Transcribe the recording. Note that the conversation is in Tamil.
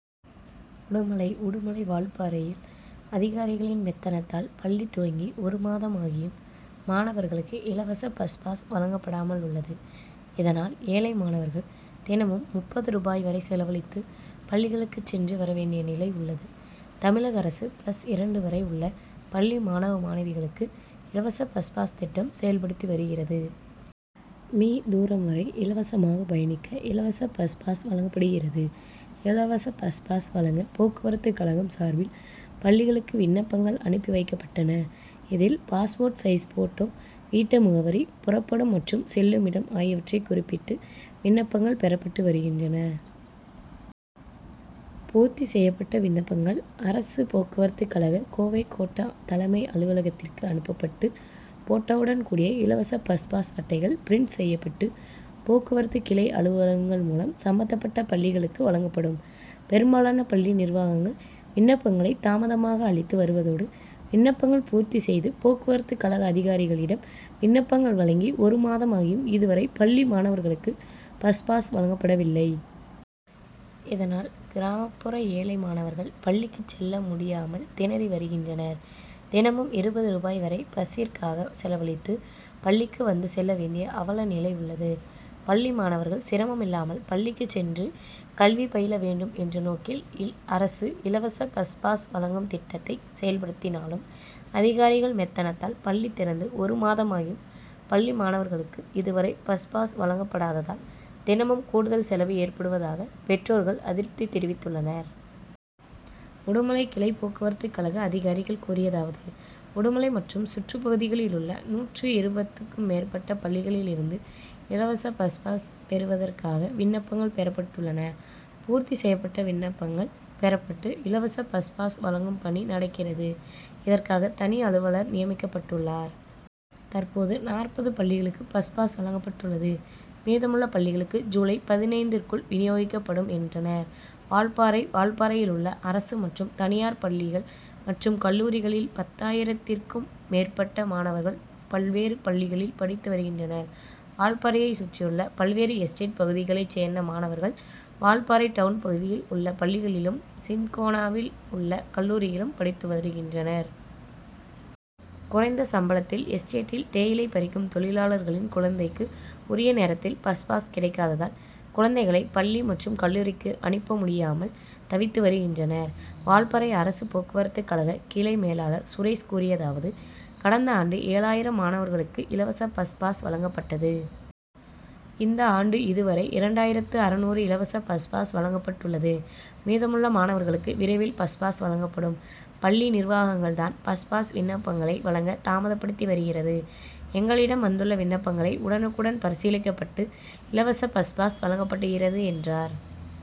உடுமலை உடுமலை, வால்பாறையில் அதிகாரிகளின் மெத்தனத்தால் பள்ளி துவங்கி ஒரு மாதமாகியும் மாணவர்களுக்கு இலவச பஸ் பாஸ் வழங்கப்படாமல் உள்ளது. இதனால், ஏழை மாணவர்கள் தினமும் முப்பது ரூபாய் வரை செலவழித்து பள்ளிகளுக்கு சென்று, வர வேண்டிய நிலை உள்ளது. தமிழக அரசு, பிளஸ் இரண்டு வரை உள்ள பள்ளி மாணவ, மாணவிகளுக்கு இலவச பஸ் பாஸ் திட்டம் செயல்படுத்தி வருகிறது. மீ., தூரம் வரை இலவசமாக பயணிக்க இலவச பஸ் பாஸ் வழங்கப்படுகிறது. இலவச பஸ் பாஸ் வழங்க போக்குவரத்து கழகம் சார்பில் பள்ளிகளுக்கு விண்ணப்பங்கள் அனுப்பிவைக்கப்பட்டன. இதில், பாஸ்போர்ட் சைஸ் போட்டோ, வீட்டு முகவரி, புறப்படும் மற்றும் செல்லுமிடம் ஆகியவற்றை குறிப்பிட்டு விண்ணப்பங்கள் பெறப்பட்டு வருகின்றன. பூர்த்தி செய்யப்பட்ட விண்ணப்பங்கள், அரசு போக்குவரத்து கழக கோவை கோட்டா தலைமை அலுவலகத்திற்கு அனுப்பப்பட்டு, போட்டோவுடன் கூடிய இலவச பஸ் பாஸ் அட்டைகள் பிரின்ட் செய்யப்பட்டு, போக்குவரத்து கிளை அலுவலகங்கள் மூலம் சம்பந்தப்பட்ட பள்ளிகளுக்கு வழங்கப்படும். பெரும்பாலான பள்ளி நிர்வாகங்கள் விண்ணப்பங்களை தாமதமாக அளித்து வருவதோடு, விண்ணப்பங்கள் பூர்த்தி செய்து போக்குவரத்த கழக அதிகாரிகளிடம் விண்ணப்பங்கள் வழங்கி ஒரு மாதமாகியும் இதுவரை பள்ளி மாணவர்களுக்கு பஸ் பாஸ் வழங்கப்படவில்லை. இதனால், கிராமப்புற ஏழை மாணவர்கள் பள்ளிகளுக்கு செல்ல முடியாமல் திணறி வருகின்றனர். தினமும் இருபது ரூபாய் வரை பஸ்சிற்காக செலவழித்து, பள்ளிகளுக்கு வந்து செல்ல வேண்டிய அவல நிலை உள்ளது. பள்ளி மாணவர்கள் சிரமம் இல்லாமல் பள்ளிகளுக்கு சென்று கல்வி பயில வேண்டும் என்ற நோக்கில் அரசு இலவச பஸ் பாஸ் வழங்கும் திட்டத்தை செயல்படுத்தினாலும், அதிகாரிகள் மெத்தனத்தால், பள்ளி திறந்து ஒரு மாதமாகியும் பள்ளி மாணவர்களுக்கு இதுவரை பஸ் பாஸ் வழங்கப் படாததால், தினமும் கூடுதல் செலவு ஏற்படுவதாக பெற்றோர்கள் அதிருப்தி தெரிவித்துள்ளனர். உடுமலை கிளை போக்குவரத்து கழக அதிகாரிகள் கூறியதாவது உடுமலை மற்றும் சுற்றுப்பகுதிகளிலுள்ள நூற்று இருபதுக்கும் மேற்பட்ட பள்ளிகளிலிருந்து இலவச பஸ் பாஸ் பெறுவதற்காக விண்ணப்பங்கள் பெறப்பட்டுள்ளன. பூர்த்தி செய்யப்பட்ட விண்ணப்பங்கள் பெறப்பட்டு, இலவச பஸ் பாஸ் வழங்கும் பணி நடக்கிறது. இதற்காக தனி அலுவலர் நியமிக்கப்பட்டுள்ளார். தற்போது, நாற்பது பள்ளிகளுக்கு பஸ் பாஸ் வழங்கப்பட்டுள்ளது. மீதமுள்ள பள்ளிகளுக்கு ஜூலை பதினைந்துக்குள் வினியோகிக்கப்படும் என்றனர். வால்பாறை வால்பாறையிலுள்ள அரசு மற்றும் தனியார் பள்ளிகள் மற்றும் கல்லூரிகளில் பத்தாயிரத்திற்கும் மேற்பட்ட மாணவர்கள் பல்வேறு பள்ளிகளில் படித்து வருகின்றனர். வால்பாறையை சுற்றியுள்ள பல்வேறு எஸ்டேட் பகுதிகளை சேர்ந்த மாணவர்கள் வால்பாறை டவுன் பகுதியில் உள்ள பள்ளிகளிலும், சின்கோனாவில் உள்ள கல்லூரியிலும் படித்துவருகின்றனர். குறைந்த சம்பளத்தில் எஸ்டேட்டில் தேயிலை பறிக்கும் தொழிலாளர்களின் குழந்தைக்கு உரிய நேரத்தில் பஸ் பாஸ் கிடைக்காததால், குழந்தைகளை பள்ளி மற்றும் கல்லூரிக்கு அனிப்ப முடியாமல் தவித்து வருகின்றனர். வால்பாறை அரசு போக்குவரத்துக்கழக கிளை மேலாளர் சுரேஷ் கூறியதாவது கடந்த ஆண்டு ஏழாயிரம் மாணவர்களுக்கு இலவச பஸ் பாஸ் வழங்கப்பட்டது. இந்த ஆண்டு இது வரை இரண்டாயிரத்து அறுநூறு இலவச பஸ் பாஸ் வழங்கப்பட்டுள்ளது. மீதமுள்ள மாணவர்களுக்கு விரைவில் பஸ் பாஸ் வழங்கப்படும். பள்ளி நிர்வாகங்கள் தான் பஸ் பாஸ் விண்ணப்பங்களை வழங்க தாமதப்படுத்தி வருகிறது. எங்களிடம் வந்துள்ள விண்ணப்பங்களை உடனுக்குடன் பரிசீலிக்கப்பட்டு இலவச பஸ் பாஸ் வழங்கப்படுகிறது என்றார்.